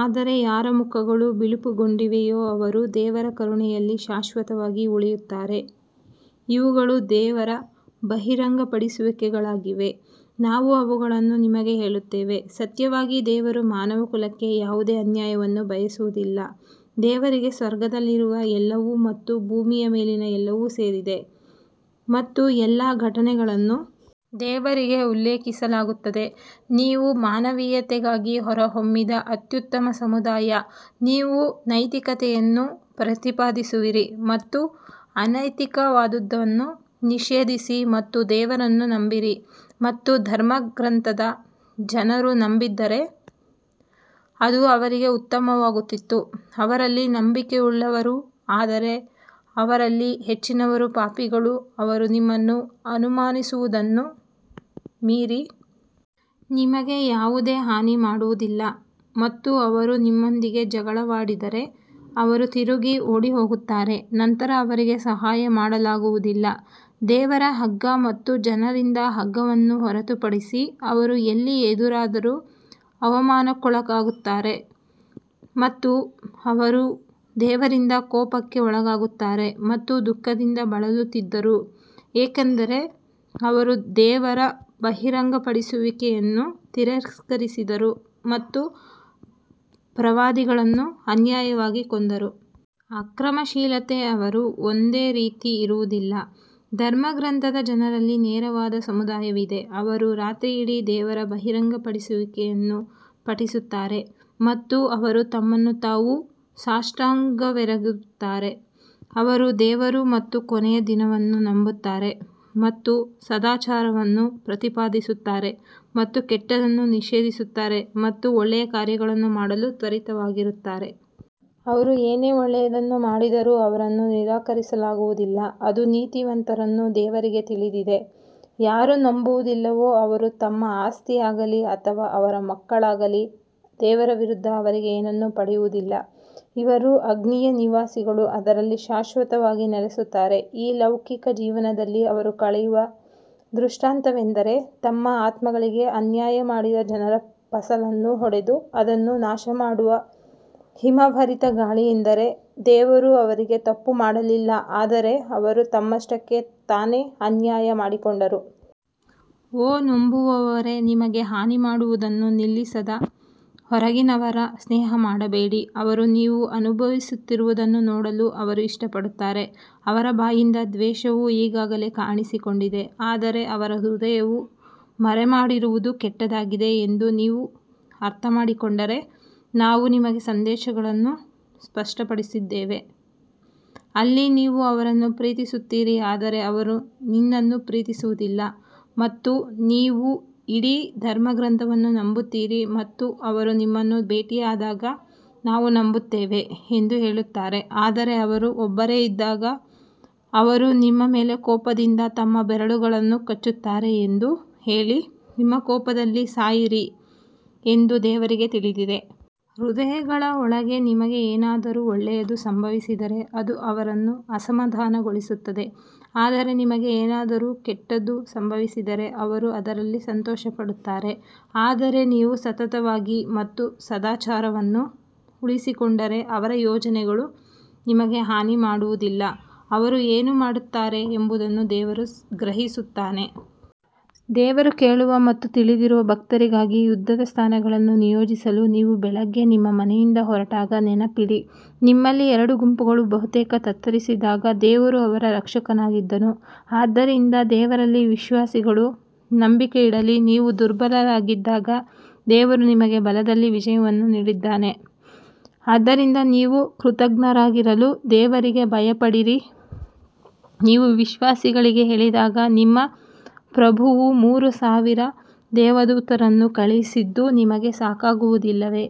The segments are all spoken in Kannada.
ಆದರೆ ಯಾರ ಮುಖಗಳು ಬಿಳುಪುಗೊಂಡಿವೆಯೋ ಅವರು ದೇವರ ಕರುಣೆಯಲ್ಲಿ ಶಾಶ್ವತವಾಗಿ ಉಳಿಯುತ್ತಾರೆ ಇವುಗಳು ದೇವರ ಬಹಿರಂಗಪಡಿಸುವಿಕೆಗಳಾಗಿವೆ, ನಾವು ಅವುಗಳನ್ನು ನಿಮಗೆ ಹೇಳುತ್ತೇವೆ ಸತ್ಯವಾಗಿ ದೇವರು ಮಾನವಕುಲಕ್ಕೆ ಯಾವುದೇ ಅನ್ಯಾಯವನ್ನು ಬಯಸುವುದಿಲ್ಲ ದೇವರಿಗೆ ಸ್ವರ್ಗದಲ್ಲಿರುವ ಎಲ್ಲವೂ ಮತ್ತು ಭೂಮಿಯ ಮೇಲಿನ ಎಲ್ಲವೂ ಸೇರಿದೆ ಮತ್ತು ಎಲ್ಲಾ ಘಟನೆಗಳನ್ನು ದೇವರಿಗೆ ಉಲ್ಲೇಖಿಸಲಾಗುತ್ತದೆ ನೀವು ಮಾನವೀಯತೆಗಾಗಿ ಹೊರಹೊಮ್ಮಿದ ಅತ್ಯುತ್ತಮ ಸಮುದಾಯ ನೀವು ನೈತಿಕತೆಯನ್ನು ಪ್ರತಿಪಾದಿಸುವಿರಿ ಮತ್ತು ಅನೈತಿಕವಾದುದನ್ನು ನಿಷೇಧಿಸಿ ಮತ್ತು ದೇವರನ್ನು ನಂಬಿರಿ ಮತ್ತು ಧರ್ಮಗ್ರಂಥದ ಜನರು ನಂಬಿದ್ದರೆ ಅದು ಅವರಿಗೆ ಉತ್ತಮವಾಗುತ್ತಿತ್ತು ಅವರಲ್ಲಿ ನಂಬಿಕೆಯುಳ್ಳವರು ಆದರೆ ಅವರಲ್ಲಿ ಹೆಚ್ಚಿನವರು ಪಾಪಿಗಳು ಅವರು ನಿಮ್ಮನ್ನು ಅವಮಾನಿಸುವುದನ್ನು ಮೀರಿ ನಿಮಗೆ ಯಾವುದೇ ಹಾನಿ ಮಾಡುವುದಿಲ್ಲ ಮತ್ತು ಅವರು ನಿಮ್ಮೊಂದಿಗೆ ಜಗಳವಾಡಿದರೆ ಅವರು ತಿರುಗಿ ಓಡಿಹೋಗುತ್ತಾರೆ ನಂತರ ಅವರಿಗೆ ಸಹಾಯ ಮಾಡಲಾಗುವುದಿಲ್ಲ ದೇವರ ಹಗ್ಗ ಮತ್ತು ಜನರಿಂದ ಹಗ್ಗವನ್ನು ಹೊರತುಪಡಿಸಿ ಅವರು ಎಲ್ಲಿ ಎದುರಾದರೂ ಅವಮಾನಕ್ಕೊಳಗಾಗುತ್ತಾರೆ ಮತ್ತು ಅವರು ದೇವರಿಂದ ಕೋಪಕ್ಕೆ ಒಳಗಾಗುತ್ತಾರೆ ಮತ್ತು ದುಃಖದಿಂದ ಬಳಲುತ್ತಿದ್ದರು, ಏಕೆಂದರೆ ಅವರು ದೇವರ ಬಹಿರಂಗಪಡಿಸುವಿಕೆಯನ್ನು ತಿರಸ್ಕರಿಸಿದರು ಮತ್ತು ಪ್ರವಾದಿಗಳನ್ನು ಅನ್ಯಾಯವಾಗಿ ಕೊಂದರು. ಆಕ್ರಮಣಶೀಲತೆ ಅವರು ಒಂದೇ ರೀತಿ ಇರುವುದಿಲ್ಲ ಧರ್ಮಗ್ರಂಥದ ಜನರಲ್ಲಿ ನೇರವಾದ ಸಮುದಾಯವಿದೆ, ಅವರು ರಾತ್ರಿಯಿಡೀ ದೇವರ ಬಹಿರಂಗಪಡಿಸುವಿಕೆಯನ್ನು ಪಠಿಸುತ್ತಾರೆ ಮತ್ತು ಅವರು ತಮ್ಮನ್ನು ತಾವು ಸಾಷ್ಟಾಂಗವೆರಗುತ್ತಾರೆ. ಅವರು ದೇವರು ಮತ್ತು ಕೊನೆಯ ದಿನವನ್ನು ನಂಬುತ್ತಾರೆ ಮತ್ತು ಸದಾಚಾರವನ್ನು ಪ್ರತಿಪಾದಿಸುತ್ತಾರೆ ಮತ್ತು ಕೆಟ್ಟದ್ದನ್ನು ನಿಷೇಧಿಸುತ್ತಾರೆ ಮತ್ತು ಒಳ್ಳೆಯ ಕಾರ್ಯಗಳನ್ನು ಮಾಡಲು ತ್ವರಿತವಾಗಿರುತ್ತಾರೆ. ಅವರು ಏನೇ ಒಳ್ಳೆಯದನ್ನು ಮಾಡಿದರೂ ಅವರನ್ನು ನಿರಾಕರಿಸಲಾಗುವುದಿಲ್ಲ ಅದು ನೀತಿವಂತರನ್ನು ದೇವರಿಗೆ ತಿಳಿದಿದೆ ಯಾರು ನಂಬುವುದಿಲ್ಲವೋ ಅವರು ತಮ್ಮ ಆಸ್ತಿಯಾಗಲಿ ಅಥವಾ ಅವರ ಮಕ್ಕಳಾಗಲಿ ದೇವರ ವಿರುದ್ಧ ಅವರಿಗೆ ಏನನ್ನೂ ಪಡೆಯುವುದಿಲ್ಲ, ಇವರು ಅಗ್ನಿಯ ನಿವಾಸಿಗಳು ಅದರಲ್ಲಿ ಶಾಶ್ವತವಾಗಿ ನೆಲೆಸುತ್ತಾರೆ. ಈ ಲೌಕಿಕ ಜೀವನದಲ್ಲಿ ಅವರು ಕಳೆಯುವ ದೃಷ್ಟಾಂತವೆಂದರೆ ತಮ್ಮ ಆತ್ಮಗಳಿಗೆ ಅನ್ಯಾಯ ಮಾಡಿದ ಜನರ ಫಸಲನ್ನು ಹೊಡೆದು ಅದನ್ನು ನಾಶಮಾಡುವ ಹಿಮಭರಿತ ಗಾಳಿಯೆಂದರೆ ದೇವರು ಅವರಿಗೆ ತಪ್ಪು ಮಾಡಲಿಲ್ಲ ಆದರೆ ಅವರು ತಮ್ಮಷ್ಟಕ್ಕೇ ತಾನೇ ಅನ್ಯಾಯ ಮಾಡಿಕೊಂಡರು. ಓ ನಂಬುವವರೇ ನಿಮಗೆ ಹಾನಿ ಮಾಡುವುದನ್ನು ನಿಲ್ಲಿಸದ ಹೊರಗಿನವರ ಸ್ನೇಹ ಮಾಡಬೇಡಿ ಅವರು ನೀವು ಅನುಭವಿಸುತ್ತಿರುವುದನ್ನು ನೋಡಲು ಅವರು ಇಷ್ಟಪಡುತ್ತಾರೆ ಅವರ ಬಾಯಿಂದ ದ್ವೇಷವು ಈಗಾಗಲೇ ಕಾಣಿಸಿಕೊಂಡಿದೆ ಆದರೆ ಅವರ ಹೃದಯವು ಮರೆಮಾಡಿರುವುದು ಕೆಟ್ಟದಾಗಿದೆ ಎಂದು ನೀವು ಅರ್ಥಮಾಡಿಕೊಂಡರೆ ನಾವು ನಿಮಗೆ ಸಂದೇಶಗಳನ್ನು ಸ್ಪಷ್ಟಪಡಿಸಿದ್ದೇವೆ. ಅಲ್ಲಿ ನೀವು ಅವರನ್ನು ಪ್ರೀತಿಸುತ್ತೀರಿ ಆದರೆ ಅವರು ನಿನ್ನನ್ನು ಪ್ರೀತಿಸುವುದಿಲ್ಲ ಮತ್ತು ನೀವು ಇಡೀ ಧರ್ಮಗ್ರಂಥವನ್ನು ನಂಬುತ್ತೀರಿ ಮತ್ತು ಅವರು ನಿಮ್ಮನ್ನು ಭೇಟಿಯಾದಾಗ ನಾವು ನಂಬುತ್ತೇವೆ ಎಂದು ಹೇಳುತ್ತಾರೆ ಆದರೆ ಅವರು ಒಬ್ಬರೇ ಇದ್ದಾಗ ಅವರು ನಿಮ್ಮ ಮೇಲೆ ಕೋಪದಿಂದ ತಮ್ಮ ಬೆರಳುಗಳನ್ನು ಕಚ್ಚುತ್ತಾರೆ ಎಂದು ಹೇಳಿ ನಿಮ್ಮ ಕೋಪದಲ್ಲಿ ಸಾಯಿರಿ ಎಂದು ದೇವರಿಗೆ ತಿಳಿದಿದೆ. ಹೃದಯಗಳ ಒಳಗೆ ನಿಮಗೆ ಏನಾದರೂ ಒಳ್ಳೆಯದು ಸಂಭವಿಸಿದರೆ ಅದು ಅವರನ್ನು ಅಸಮಾಧಾನಗೊಳಿಸುತ್ತದೆ ಆದರೆ ನಿಮಗೆ ಏನಾದರೂ ಕೆಟ್ಟದು ಸಂಭವಿಸಿದರೆ ಅವರು ಅದರಲ್ಲಿ ಸಂತೋಷಪಡುತ್ತಾರೆ ಆದರೆ ನೀವು ಸತತವಾಗಿ ಮತ್ತು ಸದಾಚಾರವನ್ನು ಉಳಿಸಿಕೊಂಡರೆ ಅವರ ಯೋಜನೆಗಳು ನಿಮಗೆ ಹಾನಿ ಮಾಡುವುದಿಲ್ಲ, ಅವರು ಏನು ಮಾಡುತ್ತಾರೆ ಎಂಬುದನ್ನು ದೇವರು ಗ್ರಹಿಸುತ್ತಾನೆ. ದೇವರು ಕೇಳುವ ಮತ್ತು ತಿಳಿದಿರುವ ಭಕ್ತರಿಗಾಗಿ ಯುದ್ಧದ ಸ್ಥಾನಗಳನ್ನು ನಿಯೋಜಿಸಲು ನೀವು ಬೆಳಿಗ್ಗೆ ನಿಮ್ಮ ಮನೆಯಿಂದ ಹೊರಟಾಗ ನೆನಪಿಡಿ ನಿಮ್ಮಲ್ಲಿ ಎರಡು ಗುಂಪುಗಳು ಬಹುತೇಕ ತತ್ತರಿಸಿದಾಗ ದೇವರು ಅವರ ರಕ್ಷಕನಾಗಿದ್ದನು ಆದ್ದರಿಂದ ದೇವರಲ್ಲಿ ವಿಶ್ವಾಸಿಗಳು ನಂಬಿಕೆ ಇಡಲಿ ನೀವು ದುರ್ಬಲರಾಗಿದ್ದಾಗ ದೇವರು ನಿಮಗೆ ಬಲದಲ್ಲಿ ವಿಜಯವನ್ನು ನೀಡಿದ್ದಾನೆ ಆದ್ದರಿಂದ ನೀವು ಕೃತಜ್ಞರಾಗಿರಲು ದೇವರಿಗೆ ಭಯಪಡಿರಿ ನೀವು ವಿಶ್ವಾಸಿಗಳಿಗೆ ಹೇಳಿದಾಗ ನಿಮ್ಮ ಪ್ರಭುವು ಮೂರು ಸಾವಿರ ದೇವದೂತರನ್ನು ಕಳುಹಿಸಿದ್ದು ನಿಮಗೆ ಸಾಕಾಗುವುದಿಲ್ಲವೇ?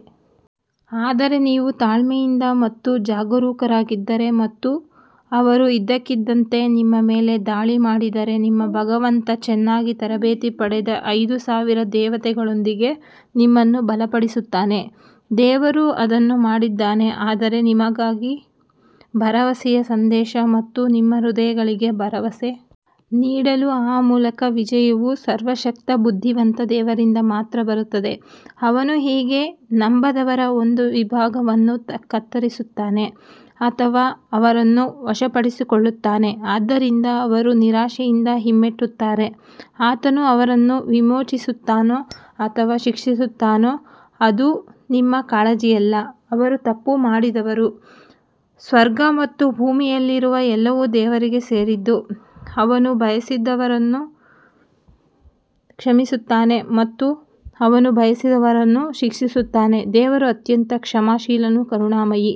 ಆದರೆ ನೀವು ತಾಳ್ಮೆಯಿಂದ ಮತ್ತು ಜಾಗರೂಕರಾಗಿದ್ದರೆ ಮತ್ತು ಅವರು ಇದ್ದಕ್ಕಿದ್ದಂತೆ ನಿಮ್ಮ ಮೇಲೆ ದಾಳಿ ಮಾಡಿದರೆ ನಿಮ್ಮ ಭಗವಂತ ಚೆನ್ನಾಗಿ ತರಬೇತಿ ಪಡೆದ ಐದು ಸಾವಿರ ದೇವತೆಗಳೊಂದಿಗೆ ನಿಮ್ಮನ್ನು ಬಲಪಡಿಸುತ್ತಾನೆ. ದೇವರು ಅದನ್ನು ಮಾಡಿದ್ದಾನೆ ಆದರೆ ನಿಮಗಾಗಿ ಭರವಸೆಯ ಸಂದೇಶ ಮತ್ತು ನಿಮ್ಮ ಹೃದಯಗಳಿಗೆ ಭರವಸೆ ನೀಡಲು ಆ ಮೂಲಕ ವಿಜಯವು ಸರ್ವಶಕ್ತ ಬುದ್ಧಿವಂತ ದೇವರಿಂದ ಮಾತ್ರ ಬರುತ್ತದೆ ಅವನು ಹೀಗೆ ನಂಬದವರ ಒಂದು ವಿಭಾಗವನ್ನು ಕತ್ತರಿಸುತ್ತಾನೆ ಅಥವಾ ಅವರನ್ನು ವಶಪಡಿಸಿಕೊಳ್ಳುತ್ತಾನೆ ಆದ್ದರಿಂದ ಅವರು ನಿರಾಶೆಯಿಂದ ಹಿಮ್ಮೆಟ್ಟುತ್ತಾರೆ ಆತನು ಅವರನ್ನು ವಿಮೋಚಿಸುತ್ತಾನೋ ಅಥವಾ ಶಿಕ್ಷಿಸುತ್ತಾನೋ ಅದು ನಿಮ್ಮ ಕಾಳಜಿಯಲ್ಲ ಅವರು ತಪ್ಪು ಮಾಡಿದವರು ಸ್ವರ್ಗ ಮತ್ತು ಭೂಮಿಯಲ್ಲಿರುವ ಎಲ್ಲವೂ ದೇವರಿಗೆ ಸೇರಿದ್ದು, ಅವನು ಬಯಸಿದವರನ್ನು ಕ್ಷಮಿಸುತ್ತಾನೆ ಮತ್ತು ಅವನು ಬಯಸಿದವರನ್ನು ಶಿಕ್ಷಿಸುತ್ತಾನೆ ದೇವರು ಅತ್ಯಂತ ಕ್ಷಮಾಶೀಲನು ಕರುಣಾಮಯಿ.